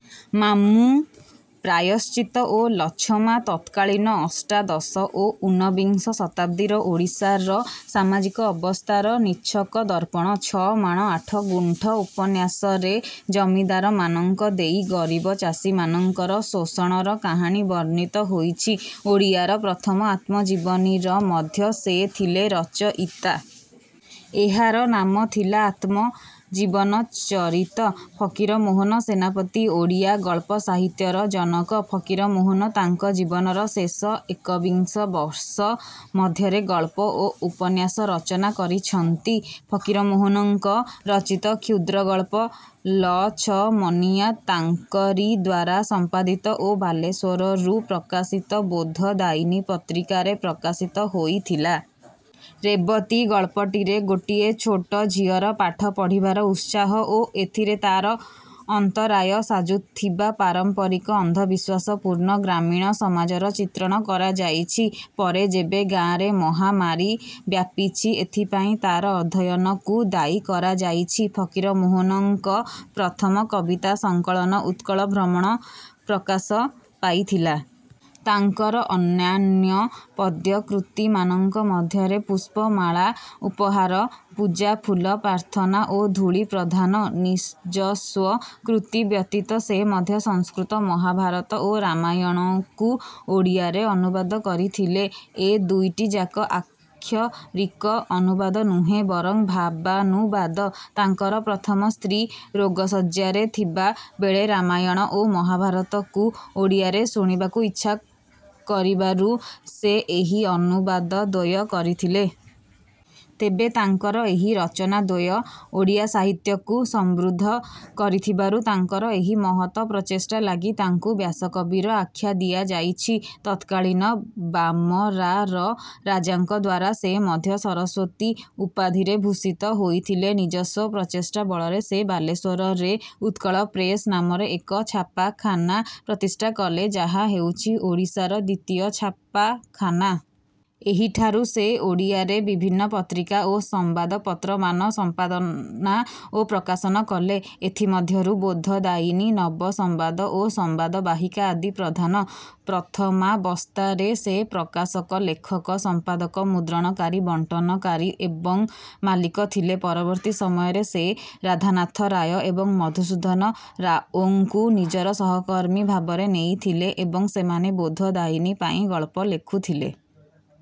ମାମୁଁ ପ୍ରାୟଶ୍ଚିତ ଓ ଲଛମା ତତ୍କାଳୀନ ଅଷ୍ଟାଦଶ ଓ ଊନବିଂଶ ଶତାବ୍ଦୀର ଓଡ଼ିଶାର ସାମାଜିକ ଅବସ୍ଥାର ନିଚ୍ଛକ ଦର୍ପଣ। ଛ ମାଣ ଆଠ ଗୁଣ୍ଠ ଉପନ୍ୟାସରେ ଜମିଦାରମାନଙ୍କ ଦେଇ ଗରିବ ଚାଷୀମାନଙ୍କର ଶୋଷଣର କାହାଣୀ ବର୍ଣ୍ଣିତ ହୋଇଛି। ଓଡ଼ିଆର ପ୍ରଥମ ଆତ୍ମଜୀବନୀର ମଧ୍ୟ ସେ ଥିଲେ ରଚୟିତା। ଏହାର ନାମ ଥିଲା ଆତ୍ମ ଜୀବନ ଚରିତ। ଫକୀରମୋହନ ସେନାପତି ଓଡ଼ିଆ ଗଳ୍ପ ସାହିତ୍ୟର ଜନକ। ଫକୀରମୋହନ ତାଙ୍କ ଜୀବନର ଶେଷ ଏକବିଂଶ ବର୍ଷ ମଧ୍ୟରେ ଗଳ୍ପ ଓ ଉପନ୍ୟାସ ରଚନା କରିଛନ୍ତି। ଫକୀରମୋହନଙ୍କ ରଚିତ କ୍ଷୁଦ୍ରଗଳ୍ପ ଲଛମନିଆ ତାଙ୍କରିଦ୍ୱାରା ସମ୍ପାଦିତ ଓ ବାଲେଶ୍ୱରରୁ ପ୍ରକାଶିତ ବୋଧଦାୟିନୀ ପତ୍ରିକାରେ ପ୍ରକାଶିତ ହୋଇଥିଲା। ରେବତୀ ଗଳ୍ପଟିରେ ଗୋଟିଏ ଛୋଟ ଝିଅର ପାଠ ପଢ଼ିବାର ଉତ୍ସାହ ଓ ଏଥିରେ ତାର ଅନ୍ତରାୟ ସାଜୁଥିବା ପାରମ୍ପରିକ ଅନ୍ଧବିଶ୍ୱାସପୂର୍ଣ୍ଣ ଗ୍ରାମୀଣ ସମାଜର ଚିତ୍ରଣ କରାଯାଇଛି। ପରେ ଯେବେ ଗାଁରେ ମହାମାରୀ ବ୍ୟାପିଛି ଏଥିପାଇଁ ତାର ଅଧ୍ୟୟନକୁ ଦାୟୀ କରାଯାଇଛି। ଫକୀରମୋହନଙ୍କ ପ୍ରଥମ କବିତା ସଙ୍କଳନ ଉତ୍କଳ ଭ୍ରମଣ ପ୍ରକାଶ ପାଇଥିଲା। ତାଙ୍କର ଅନ୍ୟାନ୍ୟ ପଦ୍ୟ କୃତିମାନଙ୍କ ମଧ୍ୟରେ ପୁଷ୍ପମାଳା ଉପହାର ପୂଜା ଫୁଲ ପ୍ରାର୍ଥନା ଓ ଧୂଳି ପ୍ରଧାନ। ନିଜସ୍ୱ କୃତି ବ୍ୟତୀତ ସେ ମଧ୍ୟ ସଂସ୍କୃତ ମହାଭାରତ ଓ ରାମାୟଣକୁ ଓଡ଼ିଆରେ ଅନୁବାଦ କରିଥିଲେ। ଏ ଦୁଇଟିଯାକ ଆକ୍ଷରିକ ଅନୁବାଦ ନୁହେଁ ବରଂ ଭାବାନୁବାଦ। ତାଙ୍କର ପ୍ରଥମ ସ୍ତ୍ରୀ ରୋଗଶଯ୍ୟାରେ ଥିବାବେଳେ ରାମାୟଣ ଓ ମହାଭାରତକୁ ଓଡ଼ିଆରେ ଶୁଣିବାକୁ ଇଚ୍ଛା କରିବାରୁ ସେ ଏହି ଅନୁବାଦ ଦ୍ୱୟ କରିଥିଲେ। ତେବେ ତାଙ୍କର ଏହି ରଚନା ଦ୍ୱୟ ଓଡ଼ିଆ ସାହିତ୍ୟକୁ ସମୃଦ୍ଧ କରିଥିବାରୁ ତାଙ୍କର ଏହି ମହତ ପ୍ରଚେଷ୍ଟା ଲାଗି ତାଙ୍କୁ ବ୍ୟାସକବିର ଆଖ୍ୟା ଦିଆଯାଇଛି। ତତ୍କାଳୀନ ବାମରାର ରାଜାଙ୍କଦ୍ୱାରା ସେ ମଧ୍ୟ ସରସ୍ୱତୀ ଉପାଧିରେ ଭୂଷିତ ହୋଇଥିଲେ। ନିଜସ୍ୱ ପ୍ରଚେଷ୍ଟା ବଳରେ ସେ ବାଲେଶ୍ୱରରେ ଉତ୍କଳ ପ୍ରେସ ନାମରେ ଏକ ଛାପାଖାନା ପ୍ରତିଷ୍ଠା କଲେ ଯାହା ହେଉଛି ଓଡ଼ିଶାର ଦ୍ୱିତୀୟ ଛାପାଖାନା। ଏହିଠାରୁ ସେ ଓଡ଼ିଆରେ ବିଭିନ୍ନ ପତ୍ରିକା ଓ ସମ୍ବାଦପତ୍ରମାନ ସମ୍ପାଦନା ଓ ପ୍ରକାଶନ କଲେ। ଏଥିମଧ୍ୟରୁ ବୋଧଦାୟିନୀ ନବସମ୍ବାଦ ଓ ସମ୍ବାଦ ବାହିକା ଆଦି ପ୍ରଧାନ। ପ୍ରଥମାବସ୍ଥାରେ ସେ ପ୍ରକାଶକ ଲେଖକ ସମ୍ପାଦକ ମୁଦ୍ରଣକାରୀ ବଣ୍ଟନକାରୀ ଏବଂ ମାଲିକ ଥିଲେ। ପରବର୍ତ୍ତୀ ସମୟରେ ସେ ରାଧାନାଥ ରାୟ ଏବଂ ମଧୁସୂଦନ ରାଓଙ୍କୁ ନିଜର ସହକର୍ମୀ ଭାବରେ ନେଇଥିଲେ ଏବଂ ସେମାନେ ବୋଧଦାୟିନୀ ପାଇଁ ଗଳ୍ପ ଲେଖୁଥିଲେ।